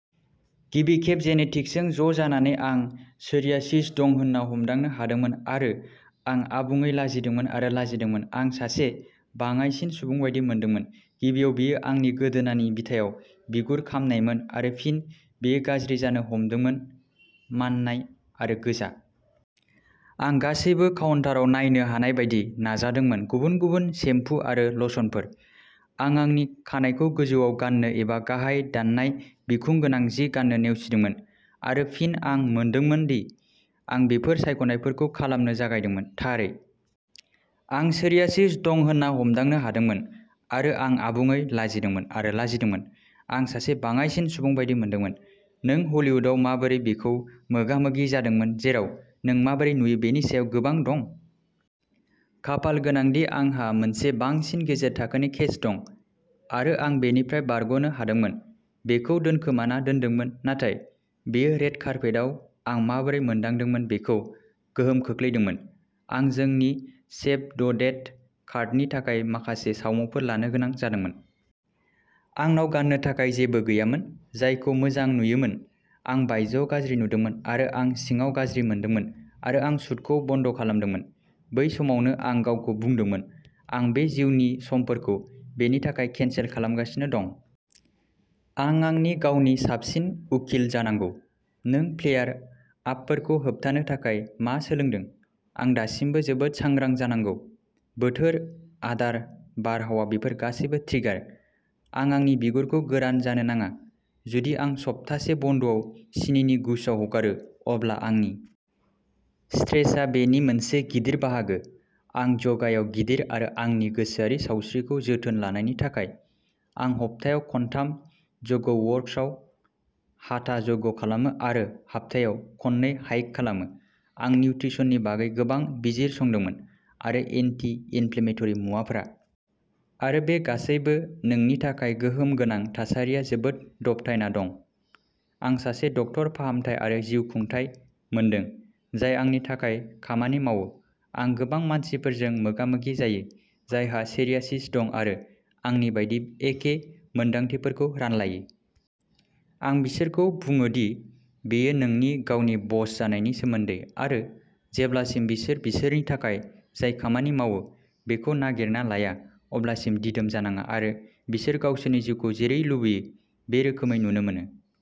गिबि खेब जेनेटिक्सजों ज'जानानै आं सोरियासिस दं होनना हमदांनो हादोंमोन आरो आं आबुङै लाजिदोंमोन आरो लाजिदोंमोन आं सासे बाङाइसिन सुबुं बायदि मोनदोंमोन गिबियाव बेयो आंनि गोदोनानि बिथायाव बिगुर खामनायमोन आरो फिन बेयो गाज्रि जानो हमदोंमोन माननाय आरो गोजा। आं गासैबो काउन्टाराव नायनो हानाय बायदि नाजादोंमोन गुबुन गुबुन सेम्पु आरो लशनफोर। आं आंनि खानाइखौ गोजौआव गाननो एबा गाहाय दाननाय बिखुं गोनां जि गान्नो नेवसिदोंमोन। आरो फिन आं मोनदांदोंमोन दि आं बेफोर सायख'नायफोरखौ खालामनो जागायदोंमोन, थारैनो मा जागासिनो दं बेनि बिन्दोसिम सौहैालासे। आं सोरियासिस दं होनना हमदांनो हादोंमोन, आरो आं आबुङै लाजिदोंमोन आरो लाजिदोंमोन। आं सासे बाङाइसिन सुबुं बायदि मोनदोंमोन। नों हलिउदाव माबोरै बेखौ मोगा मोगि जादोंमोन जेराव नों माबोरै नुयो बेनि सायाव गोबां दं? आं खाफालगोनां दि आंहा मोनसे बांसिन गेजेर थाखोनि केस दं, आरो आं बेनिफ्राय बारग'नो हादोंमोन। बेखौ दोनखोमाना दोनदोंमोन। नाथाय बेयो रेड कार्पेटआव आं माबोरै मोनदांदोंमोन बेखौ गोहोम खोख्लैदोंमोन। आं जोंनि सेभ द डेट कार्डनि थाखाय माखासे सावमुफोर लानो गोनां जादोंमोन आरो आंनि गोदोनायाव आरो बिखुंआव सानाय बिगुरनि बिगुर आरो बिगुरनि गाज्रि जोंखांनाय दंमोन। आंनाव गान्नो थाखाय जेबो गैयामोन, जायखौ मोजां नुयोमोन। आं बायजोयाव गाज्रि नुदोंमोन आरो आं सिङाव गाज्रि मोनदोंमोन आरो आं शूटखौ बन्द खालामदोंमोन। बै समावनो आं गावखौ बुंदोंमोनः आं बे जिउनि समफोरखौ बेनि थाखाय केनसेल खालामगासिनो दं। आं आंनि गावनि साबसिन उकिल जानांगौ।" नों फ्लेयार-आपफोरखौ होबथानो थाखाय मा सोलोंदों? आं दासिमबो जोबोद सांग्रां जानांगौ। बोथोर, आदार, बारहावा-बेफोर गासैबो ट्रिगार। आं आंनि बिगुरखौ गोरान जानो नाङा। जुदि आं सप्तासे बन्द'आव सिनिनि गुच्छआव हगारो, अब्ला आंनि देहाया फिनजाथाय होयो। स्ट्रेसआ बेनि मोनसे गिदिर बाहागो। आं य'गायाव गिदिर, आरो आंनि गोसोआरि सावस्रिखौ जोथोन लानायनि थाखाय। आं हाप्थायाव खनथाम य'गवर्क्सआव हाथा य'ग खालामो, आरो हाप्थायाव खननै हाइक खालामो। आं निउत्रिसननि बागै गोबां बिजिरसंदोंमोन, आरो एन्टि इनफ्लेमेटरि मुवाफोरा आंनि थाखाय खामानि मावो सिनि जौ आरो गाइखेरनि सायाव जोबोद रेजें जानाय, साखोन-सिखोन जानाय, गोबां मैगं-थाइगं आरो प्रटिनफोर हमथानाय। आरो बे गासैबो नोंनि थाखाय गोहोम गोनां थासारिया जोबोद दबथायना दं। आं सासे डाक्टर फाहामथाय आरो जिउखुंथाय मोनदों जाय आंनि थाखाय खामानि मावो। आं गोबां मानसिफोरजों मोगामोगि जायो जायहा सोरियासिस दं आरो आंनि बायदि एखे मोन्दांथिफोरखौ रानलायो। आं बिसोरखौ बुङो दि बेयो नोंनि गावनि बस जानायनि सोमोन्दै, आरो जेब्लासिम बिसोर बिसोरनि थाखाय जाय खामानि मावो बेखौ नागिरना लाया अब्लासिम दिदोम जानाङा, आरो बिसोर गावसोरनि जिउखौ जेरै लुबैयो बे रोखोमै नुनो मोनो।